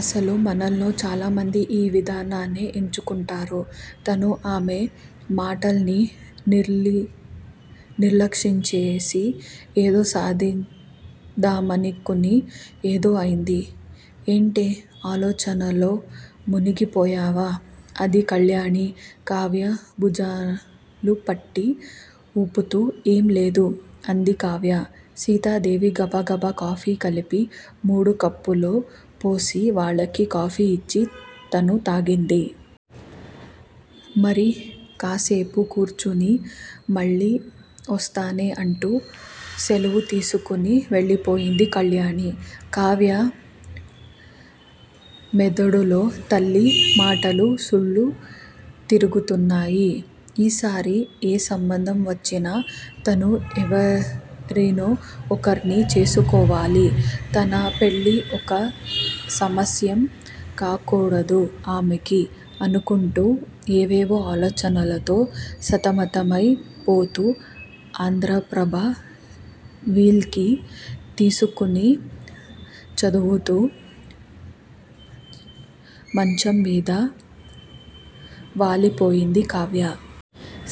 అసలు మనలో చాలామంది, ఈ విధానాన్నే ఎంచుకుంటారు! తను ఆమె మాటల్ని నిర్లక్ష్యంచేసి, ఏదో సాదిద్దామనుకుని ఏదో అయింది. ' ఏంటే, ఆలోచనల్లో మునిగిపోయావ్? అది కళ్యాణి, కావ్య భుజాలుపట్టి ఊపుతూ. ఏం లేదు. అంది కావ్య! సీతాదేవి గబగబ కాఫీ కలిపి మూడు కప్పుల్లో పోసి, వాళ్ళకి కాఫీ ఇచ్చి తనూ తాగింది. మరి కాస్సేపు కూర్చుని, మళ్ళీ ఒస్తానే అంటూ సెలవు తీసుకుని వెళ్ళిపోయింది కళ్యాణి. కావ్య మెదడులో తల్లి మాటలు సుళ్ళు తిరుగుతున్నాయ్. ఈసారి ఏ సంబంధ మొచ్చినా, తను ఎవరినో ఒకరిని చేసేసుకోవాలి! తన పెళ్ళి ఒక సమస్య కాకూడదు అమ్మకి! అనుకుంటూ ఏవేవో ఆలోచనలతో సంతమతమై పోతూ, ఆంధ్రప్రభ వీక్లీ తీసుకుని చదువుతూ మంచంమీద వాలిపోయింది కావ్య!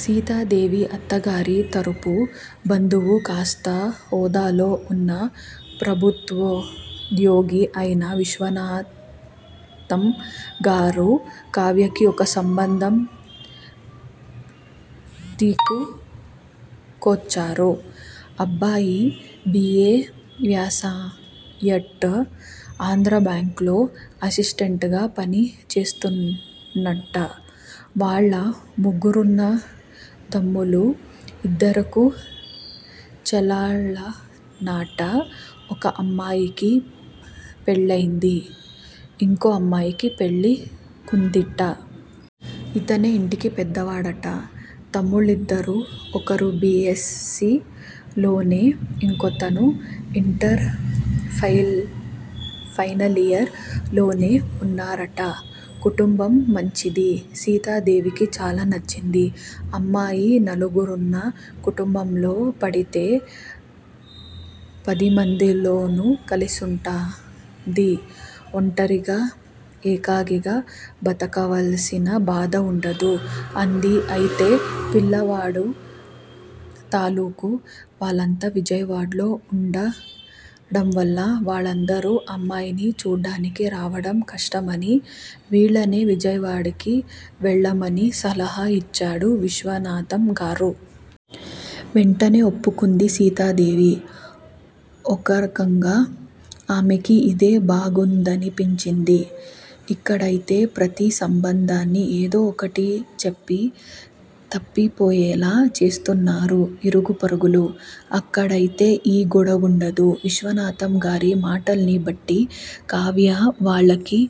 సీతాదేవి అత్తగారి తరపు బంధువూ, కాస్త హోదాలో వున్న ప్రభుత్వోద్యోగీ అయిన విశ్వనాథంగారు, కావ్యకి ఒక సంబంధం తీకుకొచ్చారు. అబ్బాయి, బి. ఏ. ప్యాసయ్యాట్ట. ఆంధ్రా బ్యాంకులో అసిస్టెంటుగా పనిచేస్తున్నాట్ట. వాళ్ళు ముగ్గురన్నదమ్ములూ, ఇద్దరక్క చెళ్ళెళ్ళూనట. ఒక అమ్మాయికి పెళ్ళయింది. ఇంకో అమ్మాయి పెళ్ళి కుందిట. ఇతనే ఇంటికి పెద్దవాడట. తమ్ముళ్ళిద్దరూ ఒకరు, బి. ఎస్. సి. లోనూ ఇంకోతను ఇంటర్ ఫైనలియర్ లోనూ వున్నారట. కుటుంబం మంచిది. సీతాదేవికి చాలా నచ్చింది. అమ్మాయి నలుగురున్న కుటుంబంలో పడితే, పదిమందిలోనూ కలిసుంటుంది. ఒంటరిగా ఏకాకిగా బతకవలసిన బాధ వుండదు అంది. అయితే పిల్లవాడు తాలూకూ వాళ్లంతా విజయవాడలో ఉండడంవల్ల వాళ్ళందరూ అమ్మాయిని చూడ్డానికి రావడం కష్టమని వీళ్ళనే విజయవాడకి వెళ్ళమని సలహా ఇచ్చారు విశ్వనాధంగారు. వెంటనే ఒప్పుకుంది సీతాదేవి. ఒకరకంగా ఆమెకి ఇదే బాగుందనిపించింది. ఇక్కడయితే ప్రతీ సంబంధాన్నీ ఏదో ఒకటి చెప్పి తప్పిపోయేలా చేస్తున్నారు ఇరుగు పొరుగులు. అక్కడయితే ఈ గొడవుండదు. విశ్వనాథంగారి మాటల్నిబట్టి, కావ్య వాళ్లకి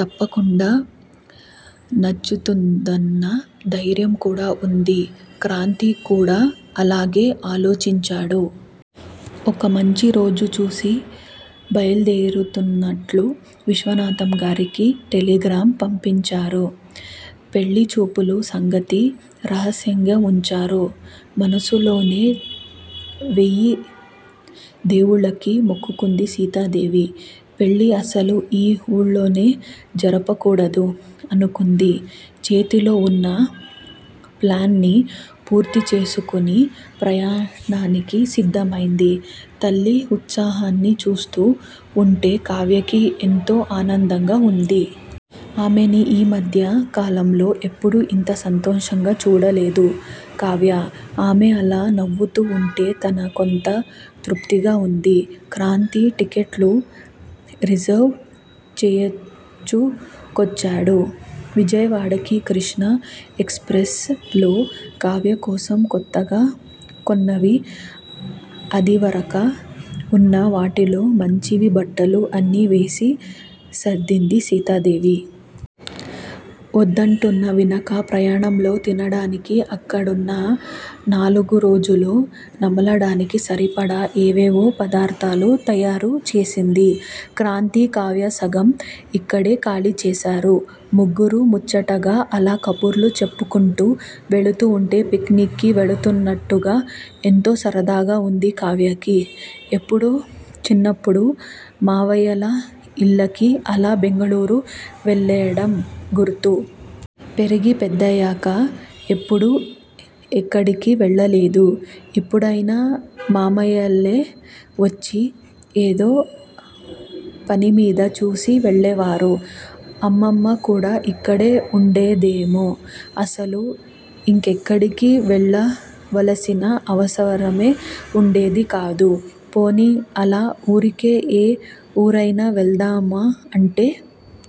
తప్పకుండా నచ్చుతుందన్న ధైర్యం కూడా వుంది. క్రాంతి కూడా అలాగే ఆలోచించాడు. ఒక మంచి రోజు చూసి బయలుదేరుతూన్నట్టు విశ్వనాథంగారికి టెలిగ్రాం పంపించారు. పెళ్ళి చూపుల సంగతి రహస్యంగా వుంచారు. మనసులోనే వెయ్యి దేముళ్ళకి మొక్కుకుంది సీతాదేవి! పెళ్ళి అసలు ఈ ఊళ్లోనే జరపకూడదు, అనుకుంది. చేతిలో వున్న ప్లాన్న్నీ పూర్తిచేసుకుని ప్రయాణానికి సిద్ధమైంది. తల్లి ఉత్సాహాన్ని చూస్తూ వుంటే కావ్యకి, ఎంతో ఆనందంగా వుంది. ఆమెని ఈ మధ్య కాలంలో ఎప్పుడూ అంత సంతోషంగా చూడలేదు కావ్య! ఆమె అలా నవ్వుతూ వుంటే తన కెంతో తృప్తిగా వుంది. క్రాంతి టిక్కెట్లు రిజర్వు చేయించుకొచ్చాడు. విజయవాడకి కృష్ణా ఎక్స్ ప్రెస్ లో! కావ్య కోసం కొత్తగా కొన్నవీ, అదివరకే వున్న వాటిల్లో మంచివీ బట్టలు అన్నీ వేసి సర్దింది సీతాదేవి. ఒద్దంటున్నా వినక ప్రయాణంలో తినడానికీ, అక్కడున్న నాలుగురోజులూ నమలడానికి సరిపడా ఏవేవో పదార్ధాలు తయారుచేసింది. క్రాంతీ, కావ్యా సగం ఇక్కడే ఖాళీ చేశారు. ముగ్గురూ ముచ్చటగా అలా కబుర్లు చెప్పుకుంటూ వెళుతూ వుంటే, పిక్నిక్ కి వెళుతూన్నట్టుగా ఎంతో సరదాగా వుంది కావ్యకి. ఎప్పుడో చిన్నప్పుడు, మామయ్యల ఇళ్లకి అలా బెంగుళూరు వెళ్లడం గుర్తు! పెరిగి పెద్దయ్యాక ఎప్పుడూ ఎక్కడికీ వెళ్లలేదు. ఎప్పుడైనా మామయ్యలే ఒచ్చి ఏదో పనిమీద, చూసి వెళ్ళేవారు. అమ్మమ్మ కూడా ఇక్కడే వుండేదేమో అసలు ఇంకెక్కడికీ వెళ్లవలసిన అవసరమే వుండేది కాదు. పోనీ అలా ఊరికే ఎ ఊరైనా వెళదామా అంటే,